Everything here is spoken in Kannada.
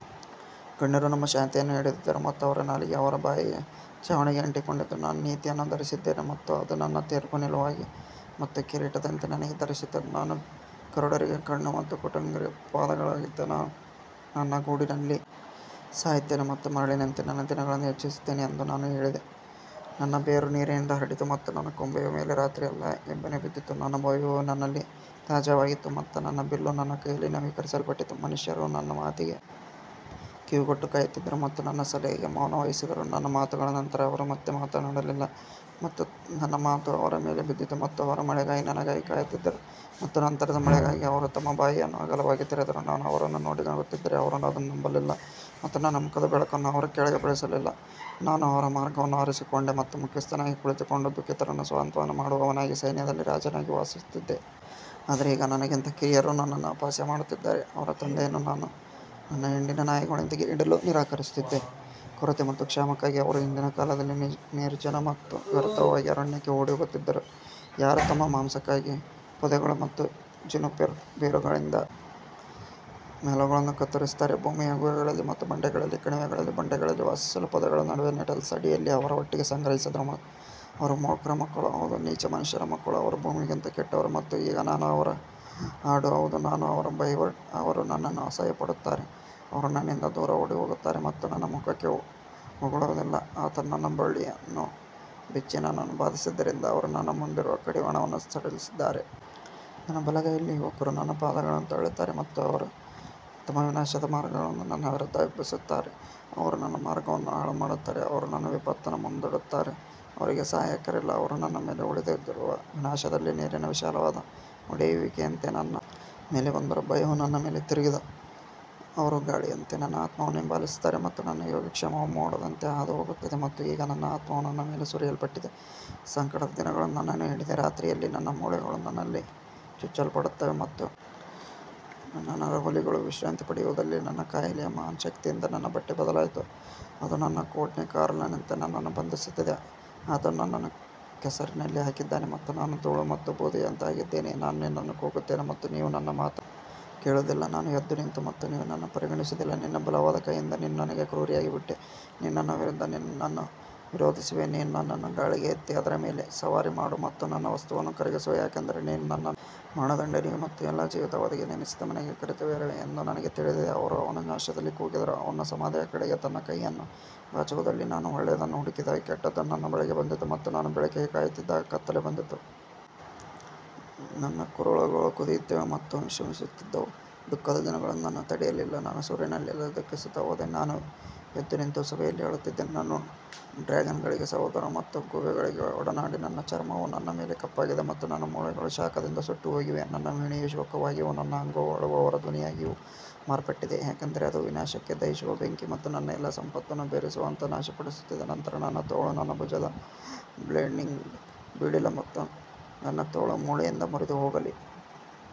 ಗಣ್ಯರು ತಮ್ಮ ಶಾಂತಿಯನ್ನು ಹಿಡಿದಿದ್ದರು ಮತ್ತು ಅವರ ನಾಲಿಗೆ ಅವರ ಬಾಯಿಯ ಛಾವಣಿಗೆ ಅಂಟಿಕೊಂಡಿತು ನಾನು ನೀತಿಯನ್ನು ಧರಿಸಿದ್ದೇನೆ ಮತ್ತು ಅದು ನನ್ನ ತೀರ್ಪು ನಿಲುವಂಗಿ ಮತ್ತು ಕಿರೀಟದಂತೆ ನನಗೆ ಧರಿಸಿತು ನಾನು ಕುರುಡರಿಗೆ ಕಣ್ಣು ಮತ್ತು ಕುಂಟರಿಗೆ ಪಾದಗಳಾಗಿದ್ದೆ ಆಗ ನಾನು ನನ್ನ ಗೂಡಿನಲ್ಲಿ ಸಾಯುತ್ತೇನೆ ಮತ್ತು ಮರಳಿನಂತೆ ನನ್ನ ದಿನಗಳನ್ನು ಹೆಚ್ಚಿಸುತ್ತೇನೆ ಎಂದು ನಾನು ಹೇಳಿದೆ ನನ್ನ ಬೇರು ನೀರಿನಿಂದ ಹರಡಿತು ಮತ್ತು ನನ್ನ ಕೊಂಬೆಯ ಮೇಲೆ ರಾತ್ರಿಯೆಲ್ಲಾ ಇಬ್ಬನಿ ಬಿದ್ದಿತು ನನ್ನ ವೈಭವವು ನನ್ನಲ್ಲಿ ತಾಜಾವಾಗಿತ್ತು ಮತ್ತು ನನ್ನ ಬಿಲ್ಲು ನನ್ನ ಕೈಯಲ್ಲಿ ನವೀಕರಿಸಲ್ಪಟ್ಟಿತು ಮನುಷ್ಯರು ನನ್ನ ಮಾತಿಗೆ ಕಿವಿಗೊಟ್ಟು ಕಾಯುತ್ತಿದ್ದರು ಮತ್ತು ನನ್ನ ಸಲಹೆಗೆ ಮೌನ ವಹಿಸಿದರು ನನ್ನ ಮಾತುಗಳ ನಂತರ ಅವರು ಮತ್ತೆ ಮಾತನಾಡಲಿಲ್ಲ ಮತ್ತು ನನ್ನ ಮಾತು ಅವರ ಮೇಲೆ ಬಿದ್ದಿತು ಮತ್ತು ಅವರು ಮಳೆಗಾಗಿ ನನಗಾಗಿ ಕಾಯುತ್ತಿದ್ದರು ಮತ್ತು ನಂತರದ ಮಳೆಗಾಗಿ ಅವರು ತಮ್ಮ ಬಾಯಿಯನ್ನು ಅಗಲವಾಗಿ ತೆರೆದರು ನಾನು ಅವರನ್ನು ನೋಡಿ ನಗುತ್ತಿದ್ದರೆ ಅವರು ಅದನ್ನು ನಂಬಲಿಲ್ಲ ಮತ್ತು ನನ್ನ ಮುಖದ ಬೆಳಕನ್ನು ಅವರು ಕೆಳಗೆ ಬೀಳಿಸಲಿಲ್ಲ ನಾನು ಅವರ ಮಾರ್ಗವನ್ನು ಆರಿಸಿಕೊಂಡೆ ಮತ್ತು ಮುಖ್ಯಸ್ಥನಾಗಿ ಕುಳಿತುಕೊಂಡು ದುಃಖಿತರನ್ನು ಸಾಂತ್ವನ ಮಾಡುವವನಾಗಿ ಸೈನ್ಯದಲ್ಲಿ ರಾಜನಾಗಿ ವಾಸಿಸುತ್ತಿದ್ದೆ. ಆದರೆ ಈಗ ನನಗಿಂತ ಕಿರಿಯರು ನನ್ನನ್ನು ಅಪಹಾಸ್ಯ ಮಾಡುತ್ತಾರೆ, ಅವರ ತಂದೆಯನ್ನು ನಾನು ನನ್ನ ಹಿಂಡಿನ ನಾಯಿಗಳೊಂದಿಗೆ ಇಡಲು ನಿರಾಕರಿಸುತ್ತಿದ್ದೆ. ಕೊರತೆ ಮತ್ತು ಕ್ಷಾಮಕ್ಕಾಗಿ ಅವರು ಹಿಂದಿನ ಕಾಲದಲ್ಲಿ ನಿರ್ಜನ ಮತ್ತು ವ್ಯರ್ಥವಾಗಿ ಅರಣ್ಯಕ್ಕೆ ಓಡಿಹೋಗುತ್ತಿದ್ದರು ಯಾರು ತಮ್ಮ ಮಾಂಸಕ್ಕಾಗಿ ಪೊದೆಗಳು ಮತ್ತು ಜುನಿಪರ್ ಬೇರುಗಳಿಂದ ಮ್ಯಾಲೋಗಳನ್ನು ಕತ್ತರಿಸುತ್ತಾರೆ ಭೂಮಿಯ ಗುಹೆಗಳಲ್ಲಿ ಮತ್ತು ಬಂಡೆಗಳಲ್ಲಿ ಕಣಿವೆಗಳ ಬಂಡೆಗಳಲ್ಲಿ ವಾಸಿಸಲು ಪೊದೆಗಳ ನಡುವೆ ನೆಟಲ್ಸ್ ಅಡಿಯಲ್ಲಿ ಅವರು ಒಟ್ಟಿಗೆ ಸಂಗ್ರಹಿಸಿದರು ಅವರು ಮೂರ್ಖರ ಮಕ್ಕಳು ಹೌದು ನೀಚ ಮನುಷ್ಯರ ಮಕ್ಕಳು ಅವರು ಭೂಮಿಗಿಂತ ಕೆಟ್ಟವರು ಮತ್ತು ಈಗ ನಾನು ಅವರ ಹಾಡು ಹೌದು ನಾನು ಅವರ ಬೈವರ್ಡ್ ಅವರು ನನ್ನನ್ನು ಅಸಹ್ಯಪಡುತ್ತಾರೆ, ಅವರು ನನ್ನಿಂದ ದೂರ ಓಡಿಹೋಗುತ್ತಾರೆ ಮತ್ತು ನನ್ನ ಮುಖಕ್ಕೆ ಉಗುಳುವುದಿಲ್ಲ ಆತನು ನನ್ನ ಬಳ್ಳಿಯನ್ನು ಬಿಚ್ಚಿ ನನ್ನನ್ನು ಬಾಧಿಸಿದ್ದರಿಂದ ಅವರು ನನ್ನ ಮುಂದಿರುವ ಕಡಿವಾಣವನ್ನೂ ಸಡಿಲಿಸಿದ್ದಾರೆ. ನನ್ನ ಬಲಗೈಯಲ್ಲಿ ಯುವಕರು ನನ್ನ ಪಾದಗಳನ್ನು ತಳ್ಳುತ್ತಾರೆ ಮತ್ತು ಅವರು ತಮ್ಮ ವಿನಾಶದ ಮಾರ್ಗಗಳನ್ನು ನನ್ನ ವಿರುದ್ಧ ಎಬ್ಬಿಸುತ್ತಾರೆ ಅವರು ನನ್ನ ಮಾರ್ಗವನ್ನು ಹಾಳುಮಾಡುತ್ತಾರೆ ಅವರು ನನ್ನ ವಿಪತ್ತನ್ನು ಮುಂದಿಡುತ್ತಾರೆ ಅವರಿಗೆ ಸಹಾಯಕರಿಲ್ಲ ಅವರು ನನ್ನ ಮೇಲೆ ಉರುಳಿಬಿದ್ದಿರುವ ವಿನಾಶದಲ್ಲಿ ನೀರಿನ ವಿಶಾಲವಾದ ಒಡೆಯುವಿಕೆಯಂತೆ ನನ್ನ ಮೇಲೆ ಬಂದರು ಭಯವು ನನ್ನ ಮೇಲೆ ತಿರುಗಿದೆ ಅವರು ಗಾಳಿಯಂತೆ ನನ್ನ ಆತ್ಮವನ್ನು ಹಿಂಬಾಲಿಸುತ್ತಾರೆ ಮತ್ತು ನನ್ನ ಯೋಗಕ್ಷೇಮವು ಮೋಡದಂತೆ ಹಾದುಹೋಗುತ್ತದೆ ಮತ್ತು ಈಗ ನನ್ನ ಆತ್ಮವು ನನ್ನ ಮೇಲೆ ಸುರಿಯಲ್ಪಟ್ಟಿದೆ, ಸಂಕಟದ ದಿನಗಳು ನನ್ನನ್ನು ಹಿಡಿದಿವೆ ರಾತ್ರಿಯಲ್ಲಿ ನನ್ನ ಮೂಳೆಗಳು ನನ್ನಲ್ಲಿ ಚುಚ್ಚಲ್ಪಡುತ್ತವೆ ಮತ್ತು ನನ್ನ ನರಹುಲಿಗಳು ವಿಶ್ರಾಂತಿ ಪಡೆಯುವುದಿಲ್ಲ ನನ್ನ ಕಾಯಿಲೆಯ ಮಹಾನ್ ಶಕ್ತಿಯಿಂದ ನನ್ನ ಬಟ್ಟೆ ಬದಲಾಯಿತು ಅದು ನನ್ನ ಕೋಟ್ನ ಕಾಲರ್ನಂತೆ ನನ್ನನ್ನು ಬಂಧಿಸುತ್ತದೆ ಆತನು ನನ್ನನ್ನು ಕೆಸರಿನಲ್ಲಿ ಹಾಕಿದ್ದಾನೆ ಮತ್ತು ನಾನು ಧೂಳು ಮತ್ತು ಬೂದಿಯಂತಾಗಿದ್ದೇನೆ ನಾನು ನಿನ್ನನ್ನು ಕೂಗುತ್ತೇನೆ ಮತ್ತು ನೀವು ನನ್ನ ಮಾತನ್ನು ಕೇಳುವುದಿಲ್ಲ ನಾನು ಎದ್ದುನಿಂತು ಮತ್ತು ನೀವು ನನ್ನನ್ನು ಪರಿಗಣಿಸುವುದಿಲ್ಲ ನಿನ್ನ ಬಲವಾದ ಕೈಯಿಂದ ನೀನು ನನಗೆ ಕ್ರೂರಿಯಾಗಿಬಿಟ್ಟೆ, ನೀನು ನನ್ನ ವಿರುದ್ಧ ನಿನ್ನನ್ನು ವಿರೋಧಿಸುವೆ ನೀನು ನನ್ನನ್ನು ಗಾಳಿಗೆ ಎತ್ತಿ ಅದರ ಮೇಲೆ ಸವಾರಿ ಮಾಡು ಮತ್ತು ನನ್ನ ವಸ್ತುವನ್ನು ಕರಗಿಸುವೆ ಯಾಕಂದರೆ ನೀನು ನನ್ನನ್ನು ಮರಣದಂಡನೆಗೆ ಮತ್ತು ಎಲ್ಲಾ ಜೀವಿತಾವಧಿಗೆ ನೇಮಿಸಿದ ಮನೆಗೆ ಕರೆತರುವೆ ಎಂದು ನನಗೆ ತಿಳಿದಿದೆ ಅವರು ಅವನ ನಾಶದಲ್ಲಿ ಕೂಗಿದರೂ ಅವನು ಸಮಾಧಿಯ ಕಡೆಗೆ ತನ್ನ ಕೈಯನ್ನು ಚಾಚುವುದಿಲ್ಲ ನಾನು ಒಳ್ಳೆಯದನ್ನು ಹುಡುಕಿದಾಗ ಕೆಟ್ಟದ್ದು ನನ್ನ ಬಳಿಗೆ ಬಂದಿತು ಮತ್ತು ನಾನು ಬೆಳಕಿಗೆ ಕಾಯುತ್ತಿದ್ದಾಗ ಕತ್ತಲೆ ಬಂದಿತು ನನ್ನ ಕರುಳುಗಳು ಕುದಿಯುತ್ತವೆ ಮತ್ತು ವಿಶ್ರಮಿಸುತ್ತಿದ್ದವು, ದುಃಖದ ದಿನಗಳು ನನ್ನನ್ನು ತಡೆಯಲಿಲ್ಲ ನಾನು ಸೂರ್ಯನಿಲ್ಲದೆ ದುಃಖಿಸುತ್ತಾ ಹೋದೆ, ನಾನು ಎದ್ದುನಿಂತು ಸಭೆಯಲ್ಲಿ ಅಳುತ್ತಿದ್ದೆ ನಾನು ಡ್ರ್ಯಾಗನ್ಗಳಿಗೆ ಸಹೋದರ ಮತ್ತು ಗೂಬೆಗಳಿಗೆ ಒಡನಾಡಿ ನನ್ನ ಚರ್ಮವು ನನ್ನ ಮೇಲೆ ಕಪ್ಪಾಗಿದೆ ಮತ್ತು ನನ್ನ ಮೂಳೆಗಳು ಶಾಖದಿಂದ ಸುಟ್ಟುಹೋಗಿವೆ ನನ್ನ ವೀಣೆಯು ಶೋಕವಾಗಿಯೂ ನನ್ನ ಅಂಗವು ಅಳುವವರ ಧ್ವನಿಯಾಗಿಯೂ ಮಾರ್ಪಟ್ಟಿದೆ ಯಾಕಂದರೆ ಅದು ವಿನಾಶಕ್ಕೆ ದಹಿಸುವ ಬೆಂಕಿ ಮತ್ತು ನನ್ನ ಎಲ್ಲಾ ಸಂಪತ್ತನ್ನು ಬೇರುಸಹಿತ ನಾಶಪಡಿಸುತ್ತದೆ ನಂತರ ನನ್ನ ತೋಳು ನನ್ನ ಭುಜದ ಬ್ಲೇಡ್ನಿಂದ ಬೀಳಲಿ ಮತ್ತು ನನ್ನ ತೋಳು ಮೂಳೆಯಿಂದ ಮುರಿದು ಹೋಗಲಿ.